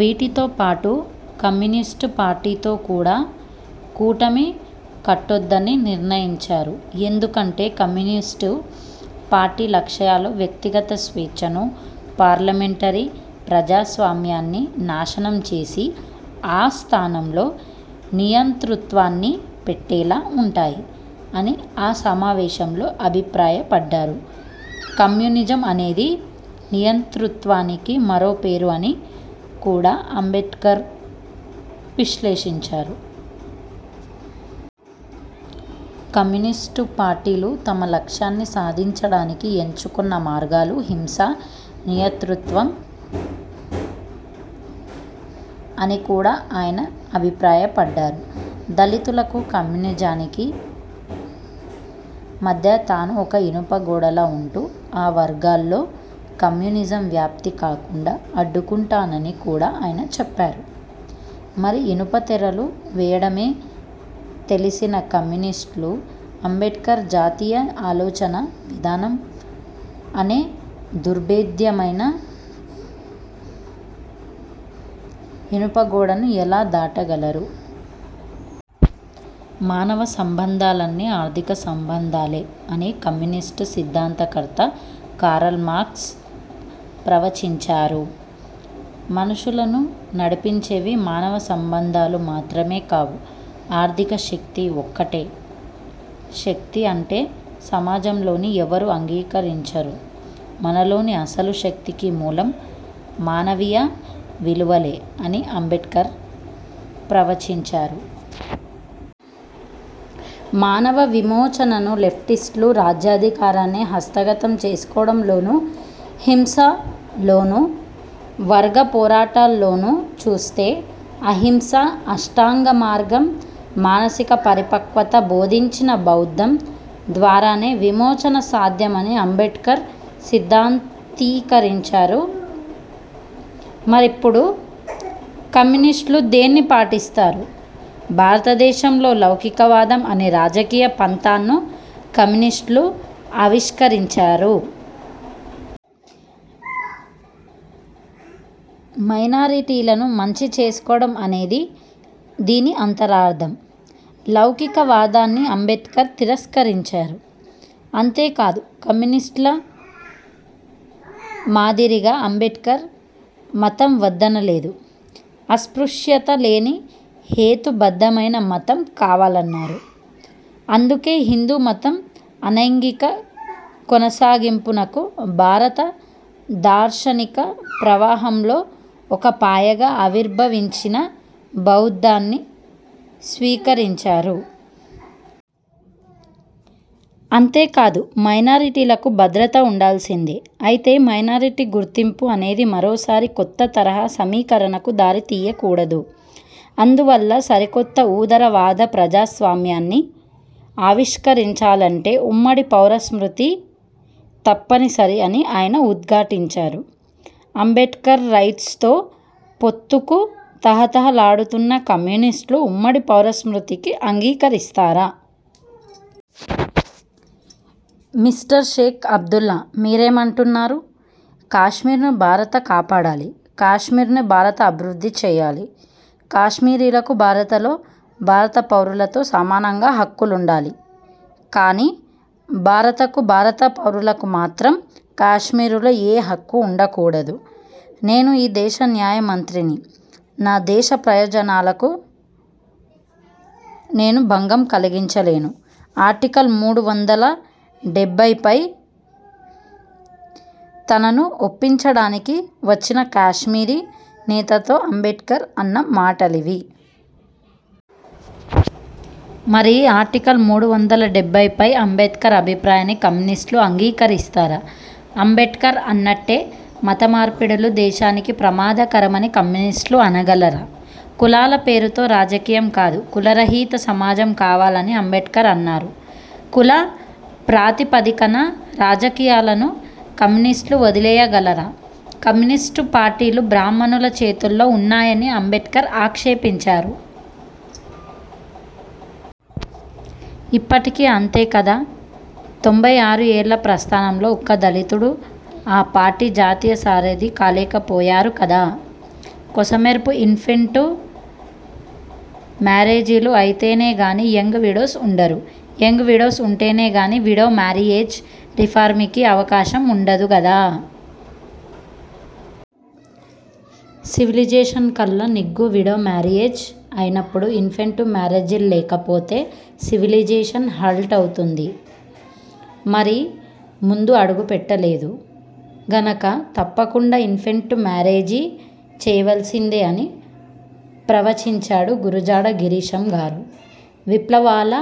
వీటితో పాటు కమ్యూనిస్టు పార్టీతో కూడా కూటమి కట్టొద్దని నిర్ణయించారు. ఎందుకంటే, కమ్యూనిస్టు పార్టీ లక్ష్యాలు వ్యక్తిగత స్వేచ్ఛను, పార్లమెంటరీ ప్రజాస్వామ్యాన్ని నాశనం చేసి, ఆ స్థానంలో నియంతృత్వాన్ని పెట్టేలా ఉంటాయి అని ఆ సమావేశంలో అభిప్రాయ పడ్డారు. కమ్యూనిజం అనేది నియంతృత్వానికి మరో పేరు అని కూడా అంబేడ్కర్ విశ్లేషించారు. కమ్యూనిస్టు పార్టీలు తమ లక్ష్యాన్ని సాధించడానికి ఎంచుకున్న మార్గాలు హింస, నియతృత్వం అని కూడా ఆయన అభిప్రాయ పడ్డారు దళితులకు కమ్యూనిజానికి మధ్య తాను ఒక ఇనుప గోడలా ఉంటూ, ఆ వర్గాల్లో కమ్యూనిజం వ్యాప్తి కాకుండా అడ్డుకుంటానని కూడా ఆయన చెప్పారు. మరి ఇనుప తెరలు వేయడమే తెలిసిన కమ్యూనిస్టులు, అంబేడ్కర్ జాతీయ ఆలోచనా విధానం అనే దుర్భేద్యమైన ఇనుప గోడను ఎలా దాటగలరు? మానవ సంబంధాలన్నీ ఆర్థిక సంబంధాలే అని కమ్యూనిస్టు సిద్ధాంత కర్త కారల్మార్క్స్ ప్రవచించారు. మనుషులను నడిపించేవి మానవ సంబంధాలు మాత్రమే కావు ఆర్థిక శక్తి ఒక్కటే శక్తి అంటే సమాజంలోని ఎవరూ అంగీకరించరు. మనలోని అసలు శక్తికి మూలం మానవీయ విలువలే అని అంబేడ్కర్ ప్రవచించారు. మానవ విమోచనను లెఫ్టిస్టులు రాజ్యాధికారాన్ని హస్తగతం చేసుకోవడంలోనూ, హింస లోనూ, వర్గ పోరాటాల్లోనూ చూస్తే, అహింస, అష్టాంగ మార్గం, మానసిక పరిపక్వత బోధించిన బౌద్ధం ద్వారానే విమోచన సాధ్యమని అంబేడ్కర్ సిద్ధాంతీకరించారు. మరిప్పుడు కమ్యూనిస్టులు దేన్ని పాటిస్తారు? భారత దేశంలో లౌకికవాదం అనే రాజకీయ పంథాను కమ్యూనిస్టులు ఆవిష్కరించారు. మైనారిటీలను మంచి చేసుకోవడం అనేది దీని అంతరార్థం. లౌకిక వాదాన్ని అంబేడ్కర్ తిరస్కరించారు. అంతేకాదు కమ్యూనిస్టుల మాదిరిగా అంబేడ్కర్ మతం వద్దన లేదు. అస్పృశ్యత లేని హేతు బద్ధమైన మతం కావాలన్నారు. అందుకే హిందూ మతం అనైంగిక కొనసాగింపునకు, భారత దార్శనిక ప్రవాహంలో ఒక పాయగా ఆవిర్భవించిన బౌద్ధాన్ని స్వీకరించారు. అంతేకాదు మైనారిటీలకు భద్రత ఉండాల్సిందే. అయితే మైనారిటీ గుర్తింపు అనేది మరోసారి కొత్త తరహా సమీకరణకు దారి తీయకూడదు. అందువల్ల సరికొత్త, ఉదారవాద ప్రజాస్వామ్యాన్ని ఆవిష్కరించాలంటే ఉమ్మడి పౌరస్మృతి తప్పనిసరి అని ఆయన ఉద్ఘాటించారు. అంబేడ్కరైట్స్తో పొత్తుకు తహతహ లాడుతున్న కమ్యూనిస్టులు ఉమ్మడి పౌరస్మృతికి అంగీకరిస్తారా? మిస్టర్ షేక్ అబ్దుల్లా మీరేమంటున్నారు? కశ్మీర్ను భారత కాపాడాలి. కశ్మీర్ను భారత అభివృద్ధి చేయాలి. కశ్మీరీలకు భారతలో భారత పౌరులతో సమానంగా హక్కులుండాలి. కానీ భారతకు, భారత పౌరులకు మాత్రం కశ్మీరులో ఏ హక్కూ ఉండ కూడదు. నేను ఈ దేశ న్యాయ మంత్రిని. నా దేశ ప్రయోజనాలకు నేను భంగం కలిగించలేను ఆర్టికల్ మూడు వందల డెబ్బైపై తనను ఒప్పించడానికి వచ్చిన కశ్మీరీ నేతతో అంబేడ్కర్ అన్న మాటలవి. మరి ఆర్టికల్ మూడు వందల డెబ్బైపై అంబేడ్కర్ అభిప్రాయాన్ని కమ్యూనిస్టులు అంగీకరిస్తారా? అంబేడ్కర్ అన్నట్టే, మత మార్పిడులు దేశానికి ప్రమాదకరమని కమ్యూనిస్టులు అనగలరా? కులాల పేరుతో రాజకీయం కాదు కులరహిత సమాజం కావాలని అంబేడ్కర్ అన్నారు. కుల ప్రాతిపదికన రాజకీయాలను కమ్యూనిస్టులు వదిలేయగలరా? కమ్యూనిస్టు పార్టీలు బ్రాహ్మణుల చేతుల్లో ఉన్నాయని అంబేడ్కర్ ఆక్షేపించారు. ఇప్పటికీ అంతే కదా! తొంభై ఆరు ఏళ్ల ప్రస్థానంలో ఒక్క దళితుడూ ఆ పార్టీ జాతీయ సారథి కాలేక పోయారు కదా! కొసమెరుపు ఇన్ఫెంటు మారేజీలు అయితేనే గాని యంగ్ విడోస్ వుండరు. యంగ్ విడోస్ ఉంటేనే గాని, విడో మారియేజ్ రిఫారమ్కి అవకాశం ఉండదు గదా? సివిలిజేషన్కల్లా నిగ్గు విడోమారియేజ్ అయినప్పుడు. ఇన్ఫెంటు మారేజీల్లేకపోతే, సివిలిజేషన్ హాల్టవుతుంది? మరి ముందు అడుగు పెట్టలేదు. గనక తప్పకుండా ఇన్ఫెంట్ మారేజీ చేయవలసిందే అని ప్రవచించాడు గురజాడ గిరీశంగారు! విప్లవాల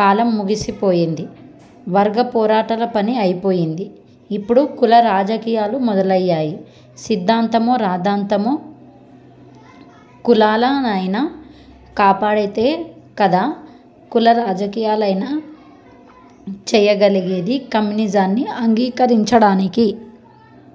కాలం ముగిసిపోయింది. వర్గ పోరాటాల పని అయిపోయింది. ఇప్పుడు కుల రాజకీయాలు మొదలయ్యాయి. సిద్ధాంతమో రాద్ధాంతమో! కులాల నైనా కాపాడితే కదా కుల రాజకీయాలైనా చేయగలిగేది! కమ్యూనిజాన్ని అంగీకరించడానికి